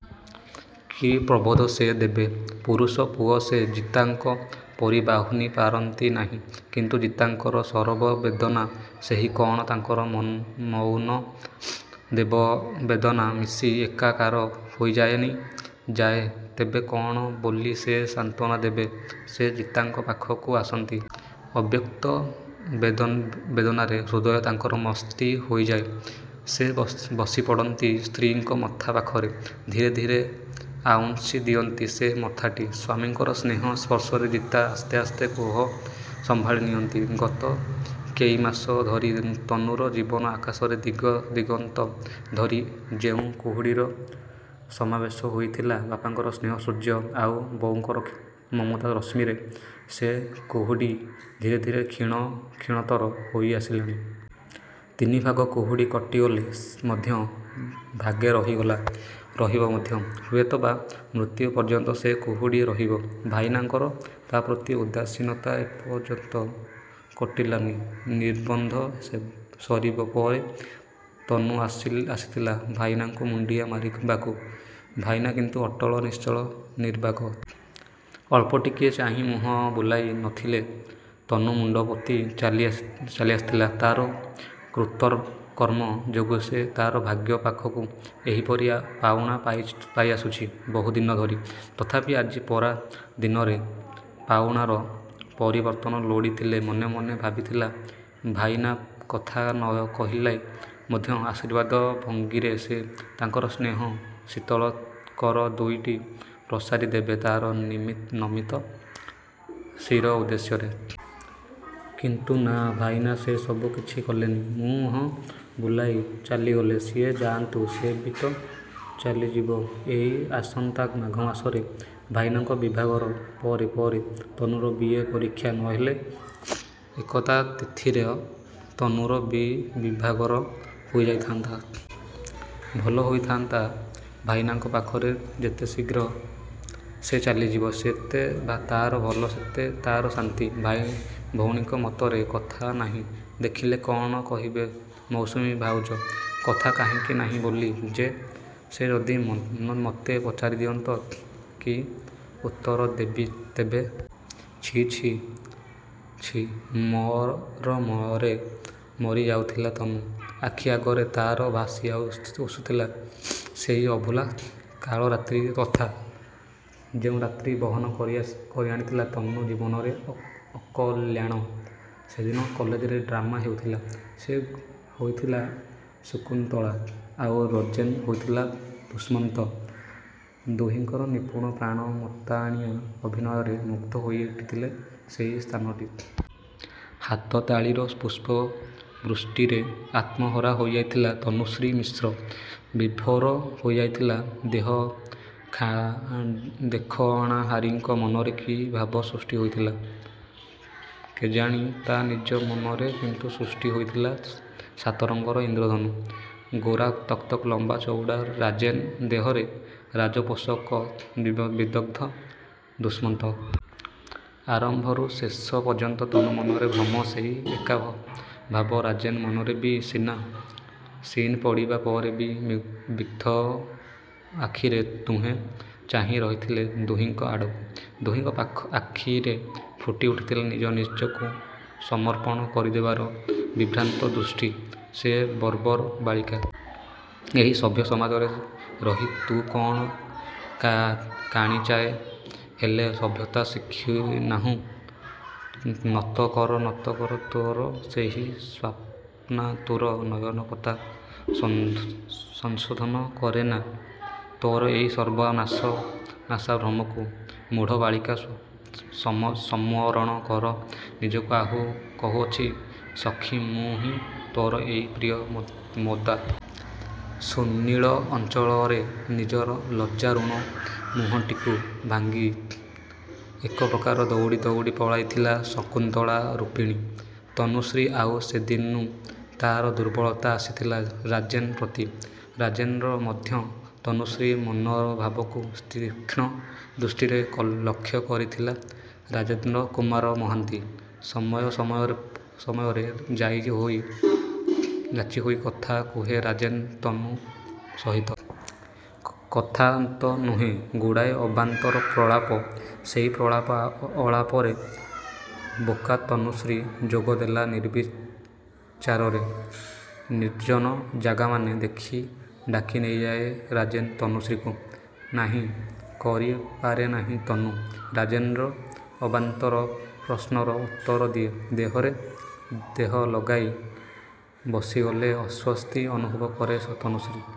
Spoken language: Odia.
କି ପ୍ରବୋଧ ସେ ଦେବେ? ପୁରୁଷ ପୁଅ ସେ, ଜିତାଙ୍କ ପରି ବାହୁନିପାରନ୍ତି ନାହିଁ; କିନ୍ତୁ ଜିତାଙ୍କର ସରବ ବେଦନା ସହିତ କ'ଣ ତାଙ୍କର ମଉନ ବେଦନା ମିଶି ଏକାକାର ହୋଇଯାଏନି? ଯାଏ। ତେବେ କ'ଣ ବୋଲି ସେ ସାନ୍ତ୍ୱନା ଦେବେ? ସେ ଜିତାଙ୍କ ପାଖକୁ ଆସନ୍ତି। ଅବ୍ୟକ୍ତ ବେଦନାରେ ହୃଦୟ ତାଙ୍କର ମନ୍ଥି ହୋଇଯାଏ। ସେ ବସିପଡ଼ନ୍ତି ସ୍ତ୍ରୀଙ୍କ ମଥା ପାଖରେ। ଧୀରେ ଧୀରେ ଆଉଁସି ଦିଅନ୍ତି ସେଇ ମଥାଟି। ସ୍ୱାମୀଙ୍କର ସ୍ନେହ ସ୍ପର୍ଶରେ ଜିତା ଆସ୍ତେ ଆସ୍ତେ କୋହ ସମ୍ଭାଳି ନିଅନ୍ତି। ଗତ କେଇମାସ ଧରି ତନୁର ଜୀବନ ଆକାଶରେ ଦିଗ ଦିଗନ୍ତ ଧରି ଯେଉଁ କୁହୁଡ଼ିର ସମାବେଶ ହୋଇଥିଲା ବାପାଙ୍କର ସ୍ନେହ ସୂର୍ଯ୍ୟ, ଆଉ ବୋଉଙ୍କର ମମତା ରଶ୍ମିରେ ସେଇ କୁହୁଡ଼ି ଧୀରେ ଧୀରେ କ୍ଷୀଣରୁ କ୍ଷୀଣତର ହୋଇଆସିଲା। ତିନିଭାଗ କୁହୁଡ଼ି କଟିଗଲେ ମଧ୍ୟ ଭାଗେ ରହିଗଲା। ରହିବ ମଧ୍ୟ। ହୁଏତ ବା, ମୃତ୍ୟୁ ପର୍ଯ୍ୟନ୍ତ ସେ କୁହୁଡ଼ି ରହିବ। ଭାଇନାଙ୍କର ତା' ପ୍ରତି ଉଦାସୀନତା ଏପର୍ଯ୍ୟନ୍ତ କଟିଲାନି। ନିର୍ବନ୍ଧ ସରିବା ପରେ ତନୁ ଆସିଥିଲା ଭାଇନାଙ୍କୁ ମୁଣ୍ଡିଆ ମାରିବାକୁ। ଭାଇନା କିନ୍ତୁ ଅଟଳ, ନିଶ୍ଚଳ, ନିର୍ବାକ। ଅଳ୍ପଟିକିଏ ଚାହିଁ ମୁହଁବୁଲାଇ ନେଇଥିଲେ। ତନୁ ମୁଣ୍ଡପୋତି ଚାଲିଆସିଥିଲା। ତା'ର କୃତକର୍ମ ଯୋଗୁଁ ସେ ତା'ର ଭାଗ୍ୟ ପାଖକୁ ଏହିପରି ପାଉଣା ପାଇଆସୁଛି ବହୁଦିନ ଧରି। ତଥାପି ଆଜି ପରା ଦିନରେ ପାଉଣାର ପରିବର୍ତ୍ତନ ଲୋଡ଼ିଥିଲା ମନେ ମନେ। ଭାବିଥିଲା ଭାଇନା କଥା ନକହିଲେ ମଧ୍ୟ ଆଶୀର୍ବାଦ ଭଙ୍ଗୀରେ ସେ ତାଙ୍କର ସ୍ନେହ ଶୀତଳ କର ଦୁଇଟି ପ୍ରସାରି ଦେବେ ତା'ର ନମିତ ଶିର ଉଦ୍ଦେଶ୍ୟରେ। କିନ୍ତୁ ନା ଭାଇନା ସେ ସବୁ କିଛି କଲେନି। ମୁହଁ ବୁଲାଇ ଚାଲିଗଲେ ସିଏ। ଯାଆନ୍ତୁ। ସେ ବି ତ ଚାଲିଯିବ ଏଇ ଆସନ୍ତା ମାଘ ମାସରେ। ଭାଇନାଙ୍କ ବିଭାଘର ପରେ ପରେ ତନୁର ବି. ଏ. ପରୀକ୍ଷା। ନହେଲେ ଏକା ତିଥିରେ ତନୁର ବି ବିଭାଘର ହୋଇଯାଇଥାଆନ୍ତା। ଭଲ ହୋଇଥାଆନ୍ତା ଭାଇନାଙ୍କ ପାଖରୁ ଯେତେଶୀଘ୍ର ସେ ଚାଲିଯିବ ସେତେ ତା'ର ଭଲ ସେତେ ତା'ର ଶାନ୍ତି। ଭାଇଭଉଣୀଙ୍କ ମଧ୍ୟରେ କଥା ନାହିଁ ଦେଖିଲେ କ'ଣ କହିବେ ମୌସୁମୀ ଭାଉଜ। କଥା କାହିଁକି ନାହିଁ ବୋଲି ସେ ଯଦି ମତେ ପଚାରିଦିଅନ୍ତି, କି ଉତ୍ତର ଦେବି ତେବେ? ଛି, ଛି, ଛି। ମରମରେ ମରିଯାଉଥିଲା ତନୁ। ଆଖିଆଗର ତା'ର ଭାସିଯାଉଥିଲା ସେଇ ଅଭୁଲା କାଳରାତ୍ରି କଥା। ଯେଉଁ ରାତ୍ରୀ ବହନ କରିଆଣିଲା ତନୁ ଜୀବନରେ ଅକଲ୍ୟାଣ। ସେଦିନ କଲେଜରେ ଡ୍ରାମା ହେଉଥିଲା। ସେ ହୋଇଥିଲା ଶକୁନ୍ତଳା, ଆଉ ରାଜେନ୍ ହୋଇଥିଲା ଦୁଷ୍ମନ୍ତ। ଦୁହିଁଙ୍କର ନିପୁଣ ପ୍ରାଣ ମତାଣିଆ ଅଭିନୟରେ ମୁଗ୍ଧ ହୋଇଉଠିଥିଲା ସେଇ ସ୍ଥାନଟି। ହାତ ତାଳିର ପୁଷ୍ପ ବୃଷ୍ଟିରେ ଆତ୍ମହରା ହୋଇଯାଇଥିଲା ତନୁଶ୍ରୀ ମିଶ୍ର, ବିଭୋର ହୋଇଯାଇଥିଲା। ଦେଖଣାହାରୀଙ୍କ ମନରେ କି ଭାବ ସୃଷ୍ଟି ହୋଇଥିଲା କେଜାଣି ତା' ନିଜ ମନରେ କିନ୍ତୁ ସୃଷ୍ଟି ହୋଇଥିଲା ସାତରଙ୍ଗର ଇନ୍ଦ୍ରଧନୁ। ଗୋରା ତକ୍ ତକ୍ ଲମ୍ୱା ଚଉଡ଼ା ରାଜେନ୍ ଦେହରେ ରାଜପୋଷାକ ବିଦଗ୍ଧ ଦୁଷ୍ମନ୍ତ। ଆରମ୍ଭରୁ ଶେଷ ପର୍ଯ୍ୟନ୍ତ ତନୁ ମନରେ ଭ୍ରମ। ସେଇ ଏକାଭାବ ରାଜେନ୍ ମନରେ ବି। ସିନ୍ ପଡ଼ିବା ପରେ ବି ବିଗ୍ଧ ଆଖିରେ ଦୁହେଁ ଚାହିଁ ରହିଥିଲେ ଦୁହିଁଙ୍କ ଆଡ଼କୁ। ଦୁହିଁଙ୍କ ଆଖିରେ ଫୁଟିଉଠିଥିଲା ନିଜ ନିଜକୁ ସମର୍ପଣ କରିଦେବାର ବିଭ୍ରାନ୍ତ ଦୃଷ୍ଟି। ରେ ବର୍ବର ବାଳିକା! ଏହି ସଭ୍ୟ ସମାଜରେ ରହି ତୁ କ'ଣ କାଣିଚାଏ ହେଲେ ସଭ୍ୟତା ଶଖିନାହୁଁ? ନତ କର, ନତ କର ତୋର ସେହି ସ୍ୱାପ୍ନାତୁର ନୟନପତା। ସଂଶୋଧନ କରିନେ ତୋର ଏଇ ସର୍ବନାଶା ଭ୍ରମକୁ। ମୂଢ଼ ବାଳିକା ସମ୍ୱରଣ କର ନିଜକୁ କହୁଅଛି ସଖୀ ମୁହିଁ ତୋର ଏଇ ପ୍ରିୟମ୍ୱଦା। ସୁନୀଳ ଅଞ୍ଚଳରେ ନିଜର ଲଜ୍ଜାରୁଣ ମୁହଁଟିକୁ ଢାଙ୍କି ଏକପ୍ରକାର ଦଉଡ଼ି ଦଉଡ଼ି ପଳାଇଥିଲା ଶକୁନ୍ତଳା ରୁପିଣୀ ତନୁଶ୍ରୀ। ଆଉ ସେଇଦିନୁଁ ତା'ର ଦୁର୍ବଳତା ଆସିଥିଲା ରାଜେନ୍ ପ୍ରତି। ରାଜେନ୍ ର ମଧ୍ୟ। ତନୁଶ୍ରୀ ମନଭାବକୁ ତୀକ୍ଷ୍ଣ ଦୃଷ୍ଟିରେ ଲକ୍ଷ୍ୟ କରିଥିଲା ରାଜେନ୍ଦ୍ର କୁମାର ମହାନ୍ତି। ସମୟ ଅସମୟରେ ଯାଚିହୋଇ କଥା କୁହେ ରାଜେନ୍ ତନୁ ସହିତ। କଥା ତ ନୁହେଁ ଗୁଡ଼ାଏ ଅବାନ୍ତର ପ୍ରଳାପ। ସେଇ ପ୍ରଳାପ ଆଳାପରେ ବୋକା ତନୁଶ୍ରୀ ଯୋଗଦେଲା ନିର୍ବିଚାରରେ। ନିର୍ଜନ ଜାଗାମାନ ଦେଖି ଡାକିନେଇଯାଏ ରାଜେନ୍ ତନୁଶ୍ରୀକୁ। ନାହିଁ କରିପାରେନାହିଁ ତନୁ। ରାଜେନ୍ ର ଅବାନ୍ତର ପ୍ରଶ୍ନର ଉତ୍ତର ଦିଏ। ଦେହରେ ଦେହ ଲଗାଇ ବସିଗଲେ ଅସ୍ୱସ୍ତି ଅନୁଭବ କରେ ତନୁଶ୍ରୀ।